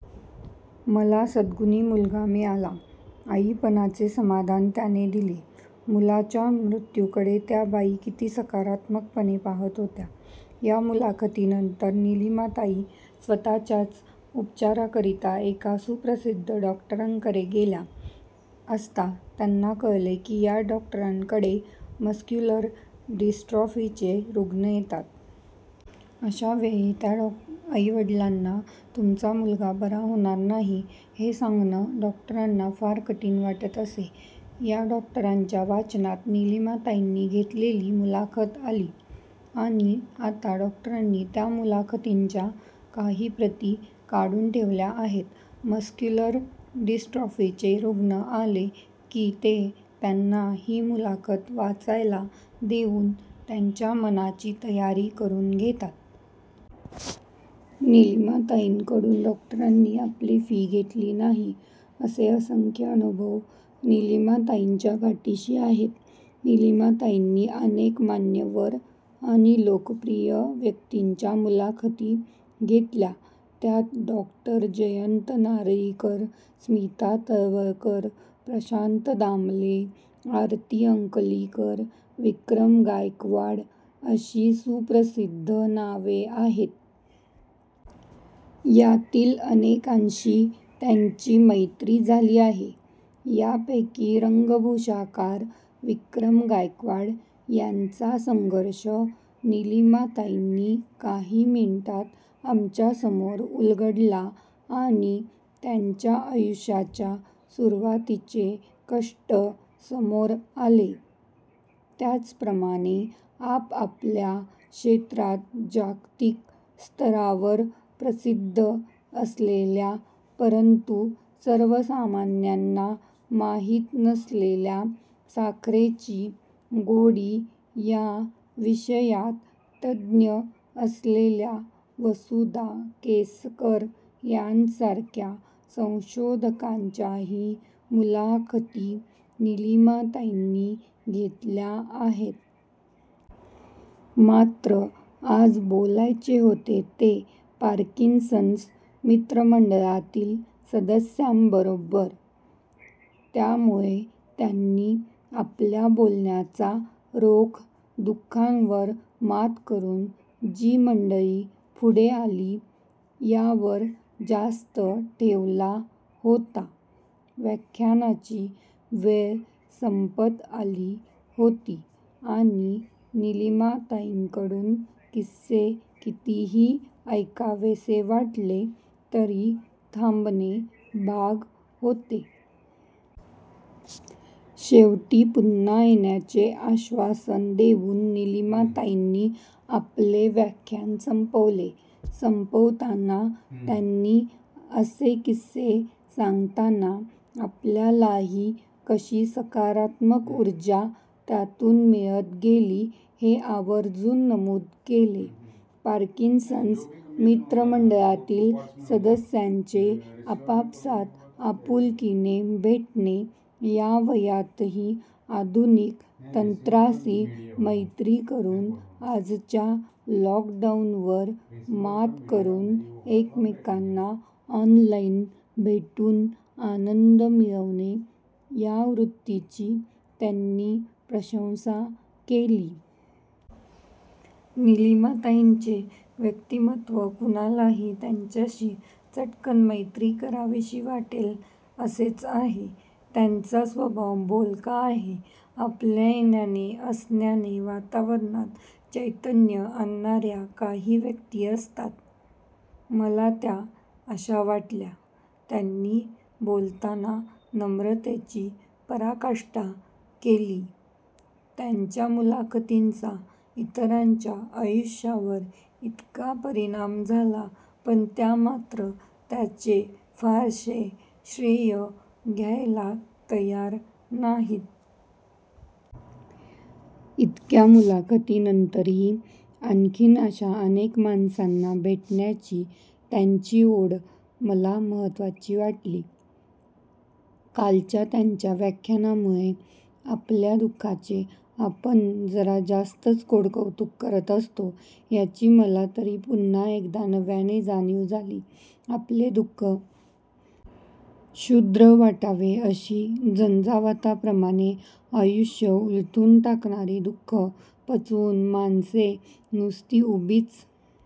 मला सद्गुणी मुलगा मिळाला. आईपणाचे समाधान त्याने दिले. मुलाच्या मृत्युकडे त्या बाई किती सकारात्मकपणे पाहात होत्या. या मुलाखतीनंतर निलिमाताई स्वतःच्याच उपचाराकरीता एका सुप्रसिद्ध डॉक्टरांकडे गेल्या असता त्यांना कळले की या डॉक्टरांकडे मस्क्युलर डिस्ट्रॉफीचे रुग्ण येतात. अशावेळी त्या आईवडिलांना तुमचा मुलगा बरा होणार नाही हे सांगणं डॉक्टरांना फार कठीण वाटत असे. या डॉक्टरांच्या वाचनात निलिमाताईंनी घेतलेली मुलाखत आली. आणि आता डॉक्टरांनी त्या मुलाखतींच्या काही प्रती काढून ठेवल्या आहेत. मस्क्युलर डिस्ट्रॉफीचे रुग्ण आले की ते त्यांना ही मुलाखत वाचायला देऊन त्यांच्या मनाची तयारी करून घेतात. निलिमाताईंकडून डॉक्टरांनी आपली फी घेतली नाही. असे असंख्य अनुभव निलिमाताईंच्या गाठीशी आहेत. निलिमाताईंनी अनेक मान्यवर आणि लोकप्रिय व्यक्तींच्या मुलाखती घेतल्या. त्यात डॉ. जयंत नारळीकर, स्मिता तळवलकर, प्रशांत दामले, आरती अंकलिकर, विक्रम गायकवाड अशी सुप्रसिद्ध नावे आहेत. यातील अनेकांशी त्यांची मैत्री झाली आहे. यापैकी रंगभूषाकार विक्रम गायकवाड यांचा संघर्ष निलिमाताईंनी काही मिनिटात आमच्यासमोर उलगडला आणि त्यांच्या आयुष्याच्या सुरुवातीचे कष्ट समोर आले. त्याचप्रमाणे आपापल्या क्षेत्रात जागतिक स्तरावर प्रसिद्ध असलेल्या परंतु सर्वसामान्यांना माहित नसलेल्या साखरेची गोडी या विषयात तज्ञ असलेल्या वसुधा केसकर यांच्यासारख्या संशोधकाच्याही मुलाखती निलिमाताईंनी घेतल्या आहेत. मात्र आज बोलायचे होते ते पार्किन्सन्स मित्रमंडळातील सदस्यांबरोबर. त्यामुळे त्यांनी आपल्या बोलण्याचा रोख दु:खांवर मात करून जी मंडळी पुढे आली यावर जास्त ठेवला होता. व्याख्यानाची वेळ संपत आली होती आणि निलिमाताईंकडून किस्से कितीही ऐकावेसे वाटले तरी थांबणे भाग होते. शेवटी पुन्हा येण्याचे आश्वासन देऊन निलिमाताईंनी आपले व्याख्यान संपवले. संपवताना त्यांनी असे किस्से सांगताना आपल्यालाही कशी सकारात्मक उर्जा त्यातून मिळत गेली हे आवर्जून नमूद केले. पार्किन्सन्स मित्रमंडळातील सदस्यांचे आपापसात आपुलकिने भेटणे, या वयातही आधुनिक तंत्राशी मैत्री करून आजच्या लॉकडाऊनवर मात करून एकमेकांना ऑनलाईन भेटून आनंद मिळवणे या वृत्तीची त्यांनी प्रशंसा केली. निलिमाताईंचे व्यक्तीमत्व कुणालाही त्यांच्याशी चटकन मैत्री कराविशी वाटेल असेच आहे. त्यांचा स्वभाव बोलका आहे. आपल्या येण्याने, असण्याने वातावरणात चैतन्य आणणार्या काही व्यक्ती असतात. मला त्या अशा वाटल्या. त्यांनी बोलताना नम्रतेची पराकाष्ठा केली. त्यांच्या मुलाखतींचा इतरांच्या आयुष्यावर इतका परिणाम झाला पण त्या मात्र त्याचे फारसे श्रेय घ्यायला तयार नाहीत. इतक्या मुलाखतींनंतरही आणखी अशा अनेक माणसांना भेटण्याची त्यांची ओढ मला महत्त्वाची वाटली. कालच्या त्यांच्या व्याख्यानामुळे आपल्या दु:खाचे आपण जरा जास्तच कोडकौतुक करत असतो याची मला तरी पुन्हा एकदा नव्याने जाणीव झाली. आपले दु:ख क्षुद्र वाटावे अशी झंझावाताप्रमाणे आयुष्य उलथून टाकणारी दु; खं पचवून माणसे नुसती उभीच